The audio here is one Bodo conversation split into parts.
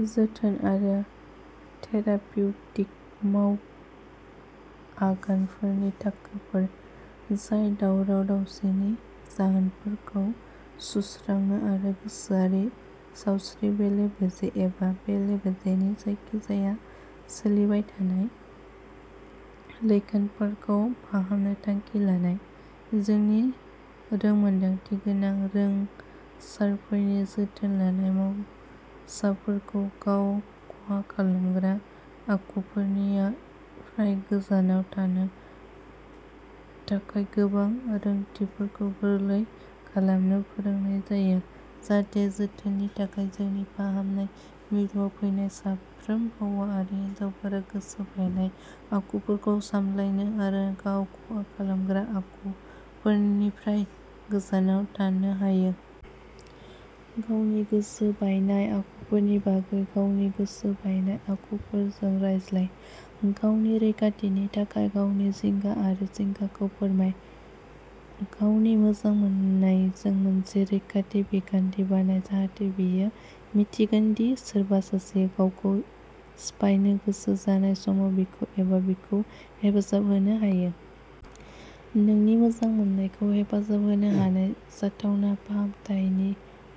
जोथोन आरो थेरापिउटिक मावआगानफोरनि थाखोफोर जाय दावराव दावसिनि जाहोनफोरखौ सुस्रांनो आरो गोसोआरि सावस्रि बेले बेजे एबा बेले-बेजेनि जायखिजाया सोलिबाय थानाय लैखोनफोरखौ फाहामनो थांखि लानाय। जोंनि रोंमोन्दांथिगोनां रोंग'सारफोरनि जोथोन लानाय मावसाफोरखौ गाव खहा खालामग्रा आखुफोरनिफ्राय गोजानाव थानो थाखाय गोनां रोंग'थिफोरखौ गोरलै खालामनो फोरोंनाय जायो जाहाथे जोथोननि थाखाय जोंनि फाहामनाय मिरुआव फैनाय साफ्रोम हौवा आरो हिनजावफोरा गोसो बायनाय आखुफोरखौ सामलायनो आरो गाव खहा खालामग्रा आखुफोरनिफ्राय गोजानाव थानो हायो। गावनि गोसो बायनायाव आखुफोरनि बागै गावनि गोसो बायनाय आखुफोरजों रायज्लाय, गावनि रैखाथिनि थाखाय गावनि जिंगा आरो जिंगाखौ फोरमाय। गावनि मोजां मोनजानायजों मोनसे रैखाथि बिथांखि बानाय जाहाथे बियो मिन्थिगोन दि सोरबा सासेया गावखौ सिफायनो गोसो जानाय समाव बिखौ एबा बिखौ हेफाजाब होनो हायो। नोंनि मोजां मोनजानायखौ हेफाजाब होनो हानाय जाथावना फाहामथायनि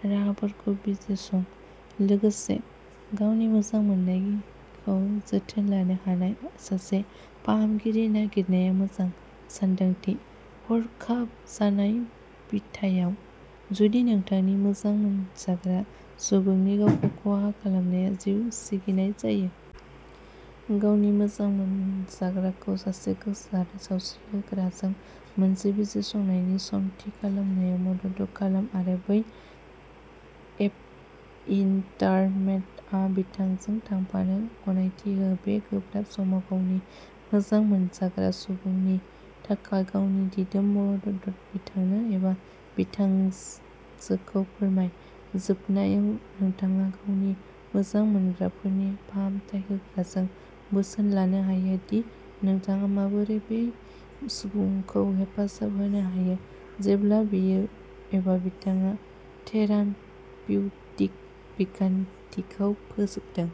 राहाफोरखौ बिजिरसं। लोगोसे, गावनि मोजां मोनजानायखौ जोथोन लानो हानाय सासे फाहामगिरि नागिरनाया मोजां सानदांथि। हरखाब जानाय बिथायाव, जुदि नोंथांनि मोजां मोनजाग्रा सुबुंनि गावखौ खहा खालामनाया जिउ सिगिनाय जायो। गावनि मोजां मोनजाग्राखौ सासे गोसोआरि सावस्रि होग्राजों मोनसे बिजिरसंनायनि सम थि खालामनायाव मदद खालाम आरो बै एपइन्टमेन्टआव बिथांजों थांफानो गनायथि हो बे गोब्राब समाव गावनि मोजां मोनजाग्रा सुबुंनि थाखाय गावनि दिदोम मददखौ बिथांनो एबा बिथांजोखौ फोरमाय जोबनायाव नोंथाङा गावनि मोजां मोनग्राफोरनि फाहामथाय होग्राजों बोसोन लानो हायो दि नोंथाङा माबोरै बै सुबुंखौ हेफाजाब होनो हायो जेब्ला बियो एबा बिथां थेरापिउटिक बिखान्थिखौ फोजोबदों।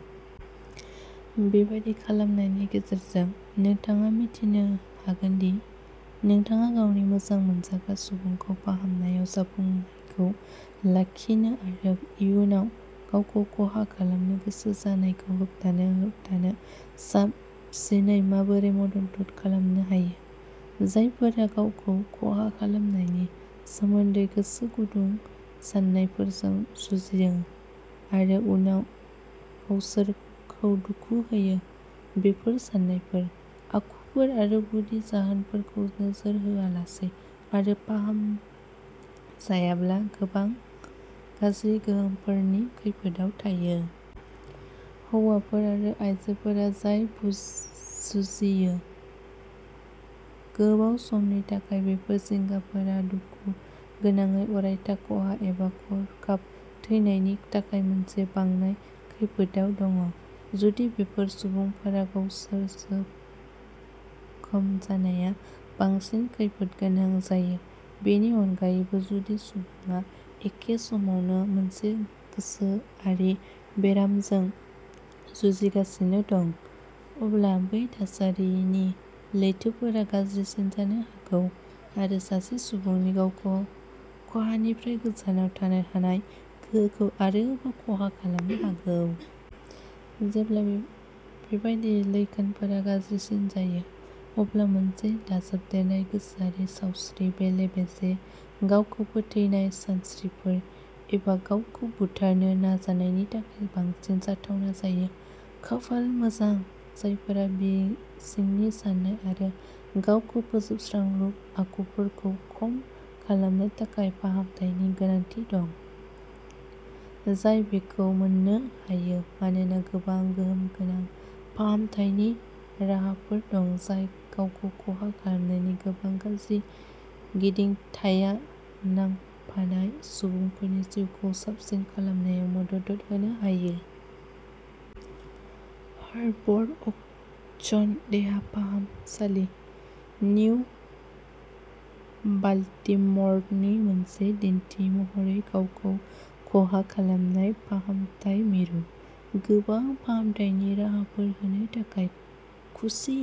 बेबादि खालामनायनि गेजेरजों, नोंथाङा मिन्थिनो हागोन दि नोंथाङा गावनि मोजां मोनजाग्रा सुबुंखौ फाहामनायाव जाफुंसारनायखौ लाखिनो आरो इयुनाव गावखौ खहा खालामनो गोसो जानायखौ होबथानो होबथानो साबसिनै माबोरै मदद खालामनो हायो। जायफोरा गावखौ खहा खालामनायनि सोमोनदै गोसो गुदुं साननायफोरजों जुजिङो आरो उनाव गावसोरखौ दुखु होयो, बेफोर साननायफोर, आखुफोर आरो गुदि जाहोनफोरखौ नोजोर होआलासै आरो फाहामजायाब्ला गोबां गाज्रि गोहोमफोरनि खैफोदआव थायो। हौवाफोर आरो आइजोफोरा जाय जुजियो। गोबाव समनि थाखाय बेफोर जिंगाफोरा दुखु गोनाङै अरायथा खहा एबा हरखाब थैनायनि थाखाय मोनसे बांनाय खैफोदआव दङ, जुदि बेफोर सुबुंफोरा गावसोर जोखोम जानाया बांसिन खैफोदगोनां जायो। बेनि अनगायैबो, जुदि सुबुङा एखे समावनो मोनसे गोसोआरि बेरामजों जुजिगासिनो दं, अब्ला बै थासारिनि लैथोफोरा गाज्रिसिन जानो हागौ आरो सासे सुबुंनि गावखौ खहानिफ्राय गोजानाव थानो हानाय गोहोखौ आरोबाव खहा खालामनो हागौ। जेब्ला बेबादि लैखोनफोरा गाज्रिसिन जायो, अब्ला मोनसे दाजाबदेरनाय गोसोआरि सावस्रि बेले बेजे, गावखौ फोथैनाय सानस्रिफोर, एबा गावखौ बुथारनो नाजानायनि थाखाय बांसिन जाथावना जायो। खाफाल मोजां, जायफोरा सिंनि सानाय आरो गावखौ फोजोबस्रांलु आखुफोरखौ खम खालामनो थाखाय फाहामथायनि गोनांथि दं, जाय बेखौ मोननो हायो मानोना गोबां गोहोमगोनां फाहामथायनि राहाफोर दं जाय गावखौ खहा खालामनायनि गोबां गाज्रि गिदिंथायाव नांफानाय सुबुंफोरनि जिउखौ साबसिन खालामनायाव मदद होनो हायो। हार्बर अक्स देहा फाहामसालि, निउ बाल्टिम'रनि मोनसे दिन्थिमहरै गावखौ खहा खालामनाय फाहामथाय मिरु, गोबां फाहामथायनि राहाफोर होनो थाखाय खुसि।